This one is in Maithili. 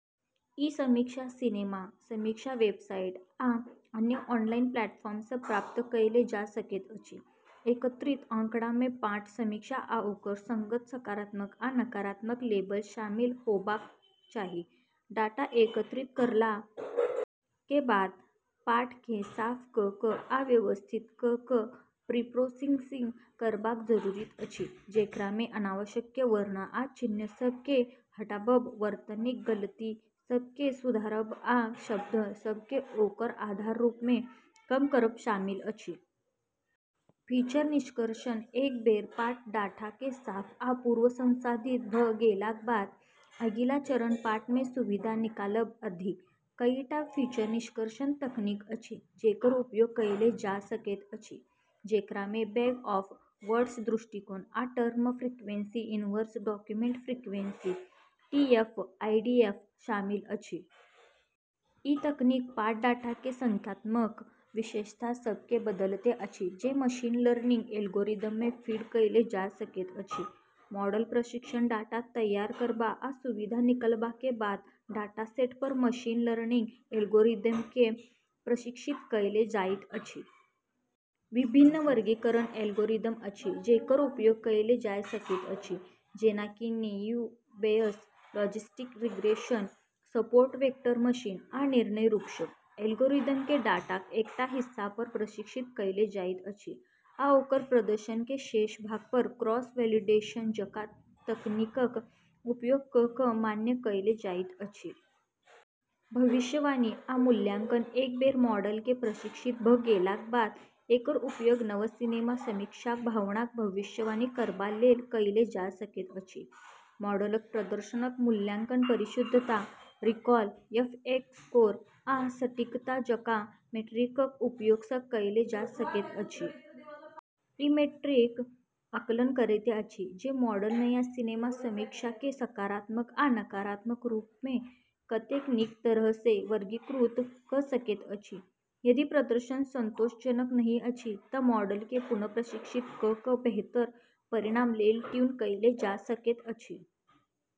ई समीक्षा सिनेमा समीक्षा वेबसाइट या अन्य ऑनलाइन प्लेटफॉर्म सँ प्राप्त कएल जा सकैत अछि। एकत्रित आँकड़ा मे पाठ समीक्षा आ ओकर संगत सकारात्मक या नकारात्मक लेबल शामिल होबाक चाही। डाटा एकत्रित करला के बाद पाठ केँ साफ कऽ कऽ आ व्यवस्थित कऽ कऽ प्रीप्रोसेसिंग करबाक जरूरत अछि, जेकरा मे अनावश्यक वर्ण आ चिन्ह सभ केँ हटाबब, वर्तनीक गलती सभ केँ सुधारब आ शब्द सभ केँ ओकर आधार रूप मे कम करब शामिल अछि। फीचर निष्कर्षण एक बेर पाठ डाटा केँ साफ आ पूर्व संसाधित भऽ गेलाक बाद, अगिला चरण पाठ सँ सुविधा निकालब अछि। कईटा फीचर निष्कर्षण तकनीक अछि जेकर उपयोग कएल जा सकैत अछि, जेकरा मे बैग-ऑफ-वर्ड्स दृष्टिकोण आ term frequency inverse document frequency (TF IDF) शामिल अछि। ई तकनीक पाठ डाटा केँ संख्यात्मक विशेषता सभ मे बदलैत अछि जे मशीन लर्निंग एल्गोरिदम मे फीड कएल जा सकैत अछि। मॉडल प्रशिक्षण डाटा तैयार करबा आ सुविधा निकालबा के बाद डाटासेट पर मशीन लर्निंग एल्गोरिदम केँ प्रशिक्षित कएल जाइत अछि। विभिन्न वर्गीकरण एल्गोरिदम अछि जेकर उपयोग कएल जा सकैत अछि, जेना कि naive Bayes, logistic regression, support vector machine, या निर्णय वृक्ष। एल्गोरिदम केँ डाटाक एकटा हिस्सा पर प्रशिक्षित कएल जाइत अछि आ ओकर प्रदर्शन केँ शेष भाग पर क्रॉस-वैलिडेशन जकाँ तकनीकक उपयोग कऽ कऽ मान्य कएल जाइत अछि। भविष्यवाणी आ मूल्यांकन एक बेर मॉडल केँ प्रशिक्षित भऽ गेलाक बाद एकर उपयोग नव सिनेमा समीक्षाक भावनाक भविष्यवाणी करबा लेल कएल जा सकैत अछि। मॉडलक प्रदर्शनक मूल्यांकन परिशुद्धता, रिकॉल, एफ-एक स्कोर, आ सटीकता जकाँ मीट्रिकक उपयोग सँ कएल जा सकैत अछि। ई मीट्रिक आकलन करैत अछि जे मॉडल नया सिनेमा समीक्षा केँ सकारात्मक या नकारात्मक रूप मे कतेक नीक तरह सँ वर्गीकृत कऽ सकैत अछि। यदि प्रदर्शन संतोषजनक नहि अछि तँ मॉडल केँ पुनः प्रशिक्षित कऽ कऽ बेहतर परिणाम लेल ट्यून कएल जा सकैत अछि।